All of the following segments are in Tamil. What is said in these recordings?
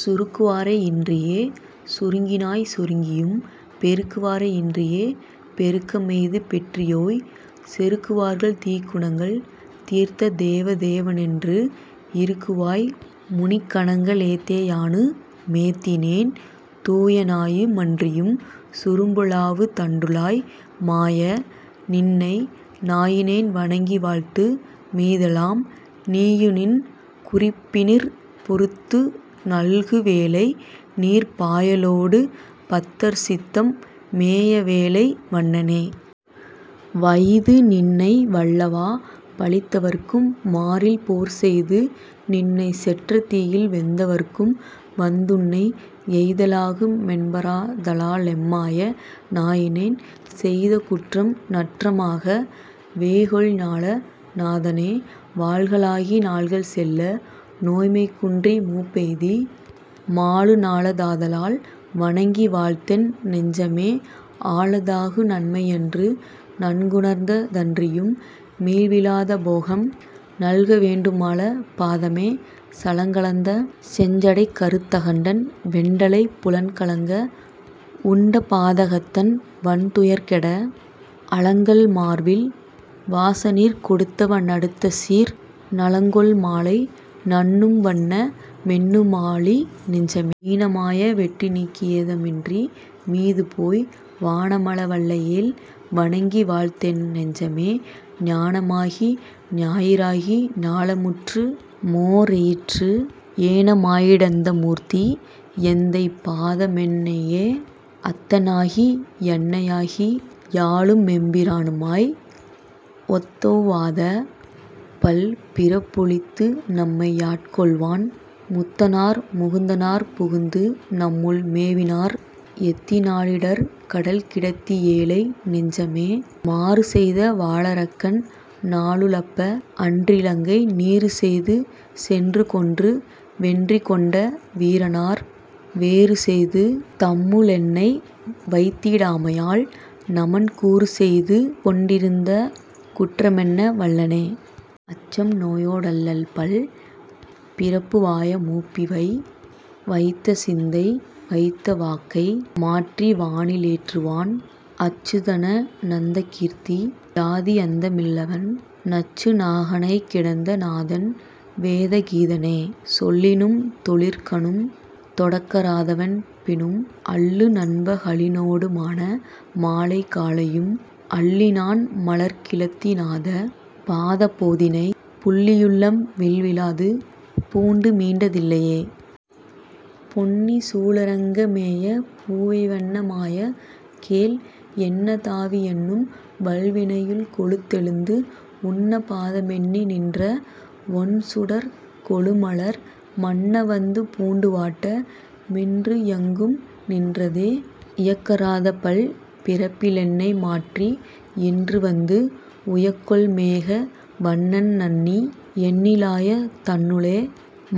சுருக்குவாரை யின்றியேசு ருங்கினாய்சு ருங்கியும், பெருக்குவாரை யின்றியேபெ ருக்கமெய்து பெற்றியோய்,। செருக்குவார்கள் தீக்குணங்கள் தீர்த்ததேவ தேவனென்று, இருக்குவாய்மு னிக்கணங்க ளேத்தயானு மேத்தினேன். தூயனாயு மன்றியும்சு ரும்புலாவு தண்டுழாய், மாய. நின்னை நாயினேன்வ ணங்கிவாழ்த்து மீதெலாம், நீயுநின்கு றிப்பினிற்பொ றுத்துநல்கு வேலைநீர்ப், பாயலோடு பத்தர்சித்தம் மேயவேலை வண்ணனே. வைதுநின்னை வல்லவாப ழித்தவர்க்கும் மாறில்போர் செய்துநின்னை செற்றதீயில் வெந்தவர்க்கும் வந்துன்னை எய்தலாகு மென்பராத லாலெம்மாய. நாயினேன், செய்தகுற்றம் நற்றமாக வேகொள்ஞால நாதனே. வாள்களாகி நாள்கள்செல்ல நோய்மைகுன்றி மூப்பெய்தி, மாளுநாள தாதலால்வ ணங்கிவாழ்த்தென் நெஞ்சமே, ஆளதாகு நன்மையென்று நன்குணர்ந்த தன்றியும், மீள்விலாத போகம்நல்க வேண்டும்மால பாதமே. சலங்கலந்த செஞ்சடைக்க றுத்தகண்டன் வெண்டலைப் புலன்கலங்க வுண்டபாத கத்தன்வன்து யர்கெட, அலங்கல்மார்வில் வாசநீர்கொ டுத்தவன்ன டுத்தசீர், நலங்கொள்மாலை நண்ணும்வண்ண மெண்ணுவாழி நெஞ்சமே. ஈனமாய வெட்டுநீக்கி யேதமின்றி மீதுபோய், வானமாள வல்லையேல்வ ணங்கிவாழ்த்தென் நெஞ்சமே, ஞானமாகி ஞாயிறாகி ஞாலமுற்று மோரெயிற்று, ஏனமாயி டந்தமூர்த்தி யெந்தைபாத மெண்ணியே. அத்தனாகி யன்னையாகி யாளுமெம்பி ரானுமாய், ஒத்தொவ்வாத பல்பிறப்பொ ழித்துநம்மை யாட்கொள்வான், முத்தனார்மு குந்தனார்பு குந்துநம்முள் மேவினார், எத்தினாலி டர்க்கடல்கி டத்தியேழை நெஞ்சமே. மாறுசெய்த வாளரக்கன் நாளுலப்ப, அன்றிலங்கை நீறுசெய்து சென்றுகொன்று வென்றிகொண்ட வீரனார், வேறுசெய்து தம்முளென்னை வைத்திடாமை யால், நமன் கூறுசெய்து கொண்டிறந்த குற்றமெண்ண வல்லனே. அச்சம்நோயொ டல்லல்பல்பி றப்புவாய மூப்பிவை, வைத்தசிந்தை வைத்தவாக்கை மாற்றிவானி லேற்றுவான், அச்சுதன நந்தகீர்த்தி யாதியந்த மில்லவன், நச்சுநாக ணைக்கிடந்த நாதன்வேத கீதனே. சொல்லினும்தொ ழிற்கணும்தொ டக்கறாத வன்பினும், அல்லுநன்ப கலினோடு மானமாலை காலையும், அல்லிநாண்ம லர்க்கிழத்தி நாத. பாத போதினை, புல்லியுள்ளம் விள்விலாது பூண்டுமீண்ட தில்லையே. பொன்னிசூழ ரங்கமேய பூவைவண்ண. மாய. கேள், என்னதாவி யென்னும்வல்வி னையினுள்கொ ழுந்தெழுந்து, உன்னபாத மென்னிநின்ற வொண்சுடர்க்கொ ழுமலர், மன்னவந்து பூண்டுவாட்ட மின்றுயெங்கும் நின்றதே. இயக்கறாத பல்பிறப்பி லென்னைமாற்றி யின்றுவந்து, உயக்கொள்மேக வண்ணன்நண்ணி யென்னிலாய தன்னுளே,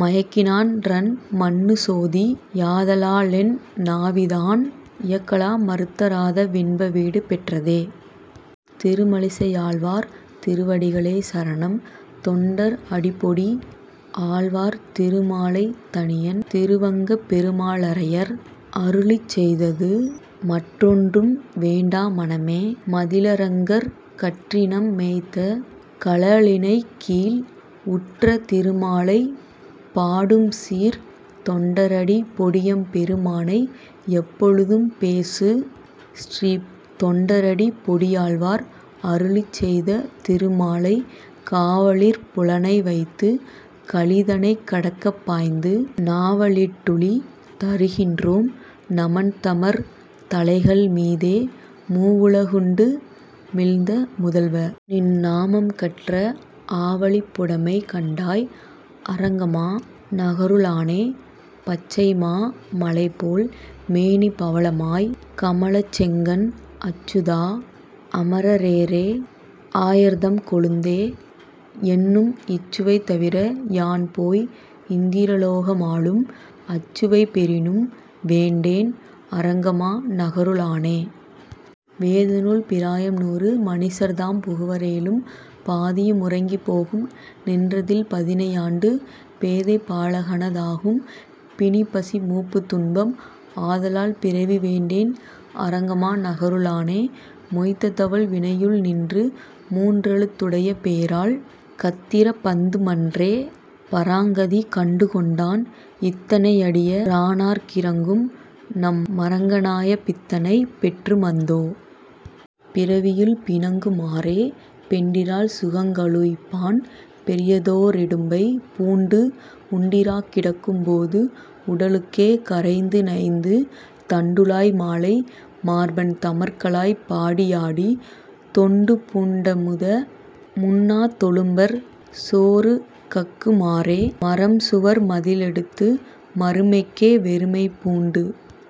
மயக்கினான்றன் மன்னுசோதி யாதலாலென் னாவிதான், இயக்கெலாம றுத்தறாத வின்பவீடு பெற்றதே. திருமழிசையாழ்வார் திருவடிகளே சரணம் தொண்டர் அடிப்பொடி ஆழ்வார் திருமாலை தனியன் திருவங்கப்பெருமாளரையர் அருளிச்செய்தது மற்றொன்றும் வேண்டா மனமே. மதிளரங்கர், கற்றினம் மேய்த்த கழலிணைக்கீழ்,- உற்ற திருமாலை பாடும்சீர்த் தொண்டரடிப்பொடியெம் பெருமானை, எப்பொழுதும் பேசு. ஸ்ரீ தொண்டரடிப்பொடியாழ்வார் அருளிச்செய்த திருமாலை காவலிற் புலனை வைத்துக் கலிதனைக் கடக்கப் பாய்ந்து, நாவலிட் டுழிதரு கின்றோம் நமன்தமர் தலைகள் மீதே, மூவுல குண்டு மிழ்ந்த முதல்வ. நின் நாமம் கற்ற, ஆவலிப் புடைமை கண்டாய் அரங்கமா நகரு ளானே. பச்சைமா மலைபோல் மேனி பவளவாய் கமலச் செங்கண் அச்சுதா. அமர ரேறே. ஆயர்தம் கொழுந்தே. என்னும், இச்சுவை தவிர யான்போய் இந்திர லோக மாளும், அச்சுவை பெறினும் வேண்டேன் அரங்கமா நகரு ளானே. வேதநூல் பிராயம் நூறு மனிசர்தாம் புகுவ ரேலும், பாதியு முறங்கிப் போகும் நின்றதில் பதினை யாண்டு, பேதைபா லகன தாகும் பிணிபசி மூப்புத் துன்பம், ஆதலால் பிறவி வேண்டேன் அரங்கமா நகரு ளானே. மொய்த்தவல் வினையுள் நின்று மூன்றெழுத் துடைய பேரால், கத்திர பந்து மன்றே பராங்கதி கண்டு கொண்டான், இத்தனை யடிய ரானார்க் கிரங்கும்நம் மரங்க னாய பித்தனைப் பெற்று மந்தோ. பிறவியுள் பிணங்கு மாறே. பெண்டிரால் சுகங்க ளுய்ப்பான் பெரியதோ ரிடும்பை பூண்டு உண்டிராக் கிடக்கும் போது உடலுக்கே கரைந்து நைந்து, தண்டுழாய் மாலை மார்பன் தமர்களாய்ப் பாடி யாடி, தொண்டுபூண் டமுத முண்ணாத் தொழும்பர்சோ றுகக்கு மாறே. மறம்சுவர் மதிளெ டுத்து மறுமைக்கே வெறுமை பூண்டு,